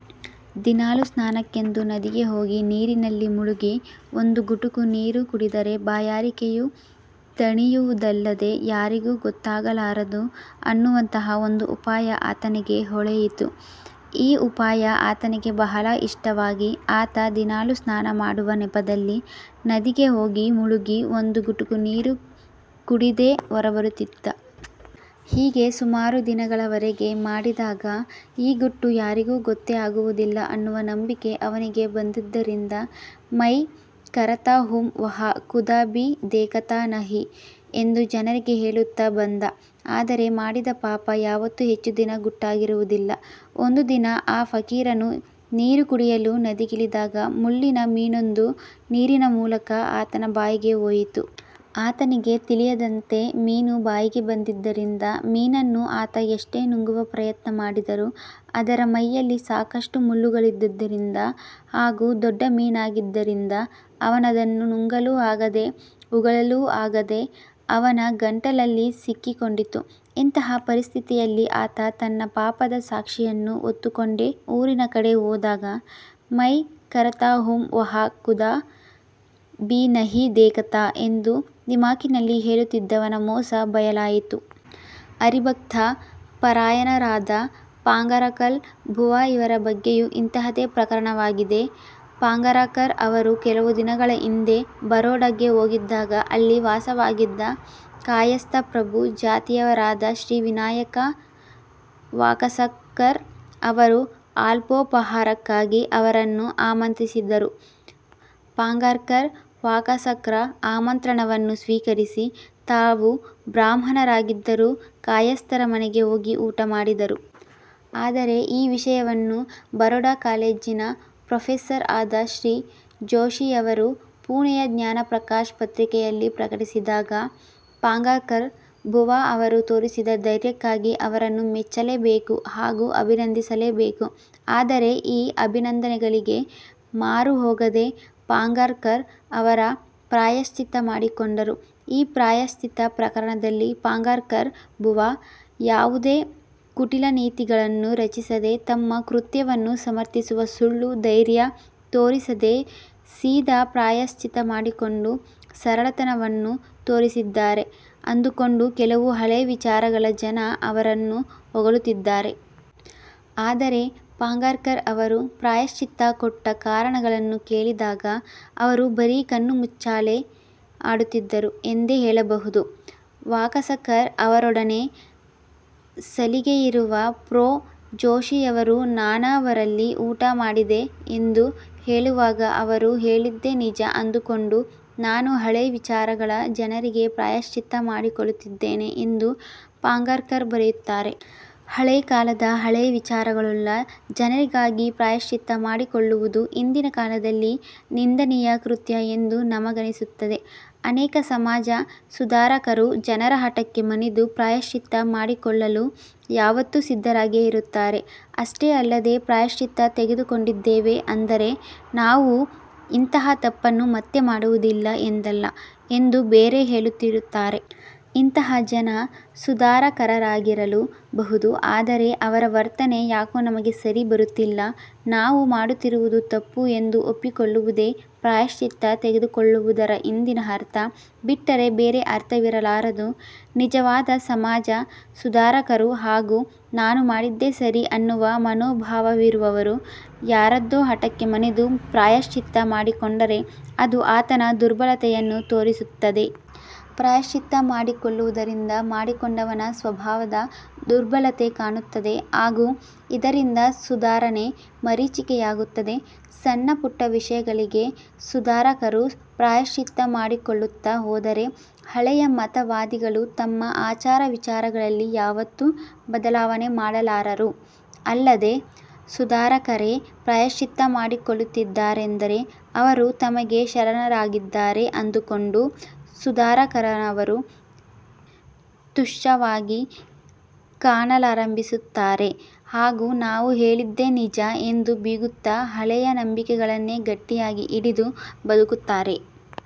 ದಿನಾಲೂ ಸ್ನಾನಕ್ಕೆಂದು ನದಿಗೆ ಹೋಗಿ ನೀರಿನಲ್ಲಿ ಮುಳುಗಿ ಒಂದು ಗುಟುಕು ನೀರು ಕುಡಿದರೆ ಬಾಯಾರಿಕೆಯೂ ತಣಿಯುವುದಲ್ಲದೆ ಯಾರಿಗೂ ಗೊತ್ತಾಗಲಾರದು ಅನ್ನುವಂತಹ ಒಂದು ಉಪಾಯ ಆತನಿಗೆ ಹೊಳೆಯಿತು. ಈ ಉಪಾಯ ಆತನಿಗೆ ಬಹಳ ಇಷ್ಟವಾಗಿ ಆತ ದಿನಾಲೂ ಸ್ನಾನ ಮಾಡುವ ನೆಪದಲ್ಲಿ ನದಿಗೆ ಹೋಗಿ ಮುಳುಗಿ ಒಂದು ಗುಟುಕು ನೀರು ಕುಡಿದೇ ಹೊರಬರುತ್ತಿದ್ದ. ಹೀಗೆ ಸುಮಾರು ದಿನಗಳವರೆಗೆ ಮಾಡಿದಾಗ ಈ ಗುಟ್ಟು ಯಾರಿಗೂ ಗೊತ್ತೇ ಆಗುವುದಿಲ್ಲ ಅನ್ನುವ ನಂಬಿಕೆ ಅವನಿಗೆ ಬಂದದ್ದರಿಂದ ''ಮೈ ಕರತಾ ಹೂಂ ವಹ್ ಖುದಾ ಭೀ ದೇಖತಾ ನಹಿ'' ಎಂದು ಜನರಿಗೆ ಹೇಳುತ್ತಾ ಬಂದ. ಆದರೆ ಮಾಡಿದ ಪಾಪ ಯಾವತ್ತೂ ಹೆಚ್ಚು ದಿನ ಗುಟ್ಟಾಗಿರುವುದಿಲ್ಲ. ಒಂದು ದಿನ ಆ ಫಕೀರನು ನೀರು ಕುಡಿಯಲು ನದಿಗಿಳಿದಾಗ ಮುಳ್ಳಿನ ಮೀನೊಂದು ನೀರಿನ ಮೂಲಕ ಆತನ ಬಾಯಿಗೆ ಹೋಯಿತು. ಆತನಿಗೆ ತಿಳಿಯದಂತೆ ಮೀನು ಬಾಯಿಗೆ ಬಂದಿದ್ದರಿಂದ ಮೀನನ್ನು ಆತ ಎಷ್ಟೇ ನುಂಗುವ ಪ್ರಯತ್ನ ಮಾಡಿದರೂ ಅದರ ಮೈಯಲ್ಲಿ ಸಾಕಷ್ಟು ಮುಳ್ಳುಗಳಿದ್ದುದರಿಂದ ಹಾಗೂ ದೊಡ್ಡ ಮೀನಾಗಿದ್ದರಿಂದ ಅವನದನ್ನು ನುಂಗಲೂ ಆಗದೆ ಉಗಳಲೂ ಆಗದೆ ಅವನ ಗಂಟಲಲ್ಲಿ ಸಿಕ್ಕಿಕೊಂಡಿತು. ಇಂತಹ ಪರಿಸ್ಥಿತಿಯಲ್ಲಿ ಆತ ತನ್ನ ಪಾಪದ ಸಾಕ್ಷಿಯನ್ನು ಹೊತ್ತುಕೊಂಡೇ ಊರಿನ ಕಡೆ ಹೋದಾಗ ''ಮೈ ಕರತಾ ಹೂಂ ವಹ್ ಖುದಾ ಭೀ ನಹಿ ದೇಖತಾ'' ಎಂದು ದಿಮಾಕಿನಲ್ಲಿ ಹೇಳುತ್ತಿದ್ದವನ ಮೋಸ ಬಯಲಾಯಿತು. ಹರಿಭಕ್ತ ಪರಾಯಣರಾದ ಪಾಂಗಾರಕರ್ ಬುವಾ ಇವರ ಬಗ್ಗೆಯೂ ಇಂತಹುದೇ ಪ್ರಕರಣವಾಗಿದೆ. ಪಾಂಗಾರಕರ್ ಇವರು ಕೆಲವು ದಿನಗಳ ಹಿಂದೆ ಬರೋಡಾಗೆ ಹೋಗಿದ್ದಾಗ ಅಲ್ಲಿ ವಾಸವಾಗಿದ್ದ ಕಾಯಸ್ಥ ಪ್ರಭು ಜಾತಿಯವರಾದ ಶ್ರೀ ವಿನಾಯಕ ವಾಕಸಕರ್ ಅವರು ಅಲ್ಪೋಪಾಹಾರಕ್ಕಾಗಿ ಅವರನ್ನು ಆಮಂತ್ರಿಸಿದರು. ಪಾಂಗಾರ್ಕರ್, ವಾಕಸಕರ್ರ ಆಮಂತ್ರಣವನ್ನು ಸ್ವೀಕರಿಸಿ ತಾವು ಬ್ರಾಹ್ಮಣರಾಗಿದ್ದರೂ ಕಾಯಸ್ಥರ ಮನೆಗೆ ಹೋಗಿ ಊಟ ಮಾಡಿದರು. ಆದರೆ ಈ ವಿಷಯವನ್ನು ಬರೋಡಾ ಕಾಲೇಜಿನ ಪ್ರೊಫೆಸರ್ ಆದ ಶ್ರೀ ಜೋಷಿಯವರು ಪುಣೆಯ ಜ್ಞಾನಪ್ರಕಾಶ ಪತ್ರಿಕೆಯಲ್ಲಿ ಪ್ರಕಟಿಸಿದಾಗ ಪಾಂಗಾರ್ಕರ್ ಬುವಾ ಅವರು ತೋರಿಸಿದ ಧೈರ್ಯಕ್ಕಾಗಿ ಅವರನ್ನು ಮೆಚ್ಚಲೇಬೇಕು ಹಾಗೂ ಅಭಿನಂದಿಸಲೇ ಬೇಕು. ಆದರೆ ಈ ಅಭಿನಂದನೆಗಳಿಗೆ ಮಾರುಹೋಗದೆ ಪಾಂಗಾರ್ಕರ್ ಅವರು ಪ್ರಾಯಶ್ಚಿತ್ತ ಮಾಡಿಕೊಂಡರು. ಈ ಪ್ರಾಯಶ್ಚಿತ್ತ ಪ್ರಕರಣದಲ್ಲಿ ಪಾಂಗಾರ್ಕರ್ ಬುವಾ ಯಾವುದೇ ಕುಟಿಲನೀತಿಗಳನ್ನು ರಚಿಸದೆ ತಮ್ಮ ಕೃತ್ಯವನ್ನು ಸಮರ್ಥಿಸುವ ಸುಳ್ಳು ಧೈರ್ಯ ತೋರಿಸದೆ ಸೀದಾ ಪ್ರಾಯಶ್ಚಿತ್ತ ಮಾಡಿಕೊಂಡು ಸರಳತನವನ್ನು ತೋರಿಸಿದ್ದಾರೆ ಅಂದುಕೊಂಡು ಕೆಲವು ಹಳೇ ವಿಚಾರಗಳ ಜನ ಅವರನ್ನು ಹೊಗಳುತ್ತಿದ್ದಾರೆ. ಆದರೆ ಪಾಂಗಾರ್ಕರ್ ಅವರು ಪ್ರಾಯಶ್ಚಿತ್ತ ಕೊಟ್ಟ ಕಾರಣಗಳನ್ನು ಕೇಳಿದಾಗ ಅವರು ಬರೀ ಕಣ್ಣುಮುಚ್ಚಾಲೆ ಆಡುತ್ತಿದ್ದರು ಎಂದೇ ಹೇಳಬಹುದು. ''ವಾಕಸಕರ್ ಅವರೊಡನೆ ಸಲಿಗೆಯಿರುವ ಪ್ರೊ. ಜೋಷಿಯವರು ನಾನವರಲ್ಲಿ ಊಟ ಮಾಡಿದೆ ಎಂದು ಹೇಳುವಾಗ ಅವರು ಹೇಳಿದ್ದೇ ನಿಜ ಅಂದುಕೊಂಡು ನಾನು ಹಳೆ ವಿಚಾರಗಳ ಜನರಿಗಾಗಿ ಪ್ರಾಯಶ್ಚಿತ್ತ ಮಾಡಿಕೊಳ್ಳುತ್ತಿದ್ದೇನೆ'' ಎಂದು ಪಾಂಗಾರ್ಕರ್ ಬರೆಯುತ್ತಾರೆ. ಹಳೇ ಕಾಲದ ಹಳೇ ವಿಚಾರಗಳುಳ್ಳ ಜನರಿಗಾಗಿ ಪ್ರಾಯಶ್ಚಿತ್ತ ಮಾಡಿಕೊಳ್ಳುವುದು ಇಂದಿನ ಕಾಲದಲ್ಲಿ ನಿಂದನೀಯ ಕೃತ್ಯ ಎಂದು ನಮಗನಿಸುತ್ತದೆ. ಅನೇಕ ಸಮಾಜ ಸುಧಾರಕರು ಜನರ ಹಠಕ್ಕೆ ಮಣಿದು ಪ್ರಾಯಶ್ಚಿತ್ತ ಮಾಡಿಕೊಳ್ಳಲೂ ಯಾವತ್ತೂ ಸಿದ್ಧರಾಗಿಯೇ ಇರುತ್ತಾರೆ. ಅಷ್ಟೇ ಅಲ್ಲದೆ 'ಪ್ರಾಯಶ್ಚಿತ್ತ ತೆಗೆದುಕೊಂಡಿದ್ದೇವೆ. ಅಂದರೆ ನಾವು ಇಂತಹ ತಪ್ಪನ್ನು ಮತ್ತೆ ಮಾಡುವುದಿಲ್ಲ ಎಂದಲ್ಲ' ಎಂದು ಬೇರೆ ಹೇಳುತ್ತಿರುತ್ತಾರೆ. ಇಂತಹ ಜನ ಸುಧಾರಕರಾಗಿರಲೂ ಬಹುದು. ಆದರೆ ಅವರ ವರ್ತನೆ ಯಾಕೋ ನಮಗೆ ಸರಿ ಬರುತ್ತಿಲ್ಲ. ನಾವು ಮಾಡುತ್ತಿರುವುದು ತಪ್ಪು ಎಂದು ಒಪ್ಪಿಕೊಳ್ಳುವುದೇ ಪ್ರಾಯಶ್ಚಿತ್ತ ತೆಗೆದುಕೊಳ್ಳುವುದರ ಹಿಂದಿನ ಅರ್ಥ ಬಿಟ್ಟರೆ ಬೇರೆ ಅರ್ಥವಿರಲಾರದು. ನಿಜವಾದ ಸಮಾಜ ಸುಧಾರಕರು ಹಾಗೂ ನಾನು ಮಾಡಿದ್ದೇ ಸರಿ ಅನ್ನುವ ಮನೋಭಾವವಿರುವವರು ಯಾರದ್ದೋ ಹಠಕ್ಕೆ ಮಣಿದು ಪ್ರಾಯಶ್ಚಿತ್ತ ಮಾಡಿಕೊಂಡರೆ ಅದು ಆತನ ದುರ್ಬಲತೆಯನ್ನು ತೋರಿಸುತ್ತದೆ. ಪ್ರಾಯಶ್ಚಿತ್ತ ಮಾಡಿಕೊಳ್ಳುವುದರಿಂದ ಮಾಡಿಕೊಂಡವನ ಸ್ವಭಾವದ ದುರ್ಬಲತೆ ಕಾಣುತ್ತದೆ. ಹಾಗೂ ಇದರಿಂದ ಸುಧಾರಣೆ ಮರೀಚಿಕೆಯಾಗುತ್ತದೆ. ಸಣ್ಣಪುಟ್ಟ ವಿಷಯಗಳಿಗೆ ಸುಧಾರಕರು ಪ್ರಾಯಶ್ಚಿತ್ತ ಮಾಡಿಕೊಳ್ಳುತ್ತಾ ಹೋದರೆ ಹಳೆಯ ಮತವಾದಿಗಳು ತಮ್ಮ ಆಚಾರವಿಚಾರಗಳಲ್ಲಿ ಯಾವತ್ತೂ ಬದಲಾವಣೆ ಮಾಡಲಾರರು. ಅಲ್ಲದೆ, ಸುಧಾರಕರೇ ಪ್ರಾಯಶ್ಚಿತ್ತ ಮಾಡಿಕೊಳ್ಳುತ್ತಿದ್ದಾರೆಂದರೆ ಅವರು ತಮಗೆ ಶರಣಾಗಿದ್ದಾರೆ ಅಂದುಕೊಂಡು ಸುಧಾರಕರನ್ನವರು ತುಚ್ಛವಾಗಿ ಕಾಣಲಾರಂಭಿಸುತ್ತಾರೆ ಹಾಗೂ ನಾವು ಹೇಳಿದ್ದೇ ನಿಜ ಎಂದು ಬೀಗುತ್ತ ಹಳೆಯ ನಂಬಿಕೆಗಳನ್ನೇ ಗಟ್ಟಿಯಾಗಿ ಹಿಡಿದು ಬದುಕುತ್ತಾರೆ.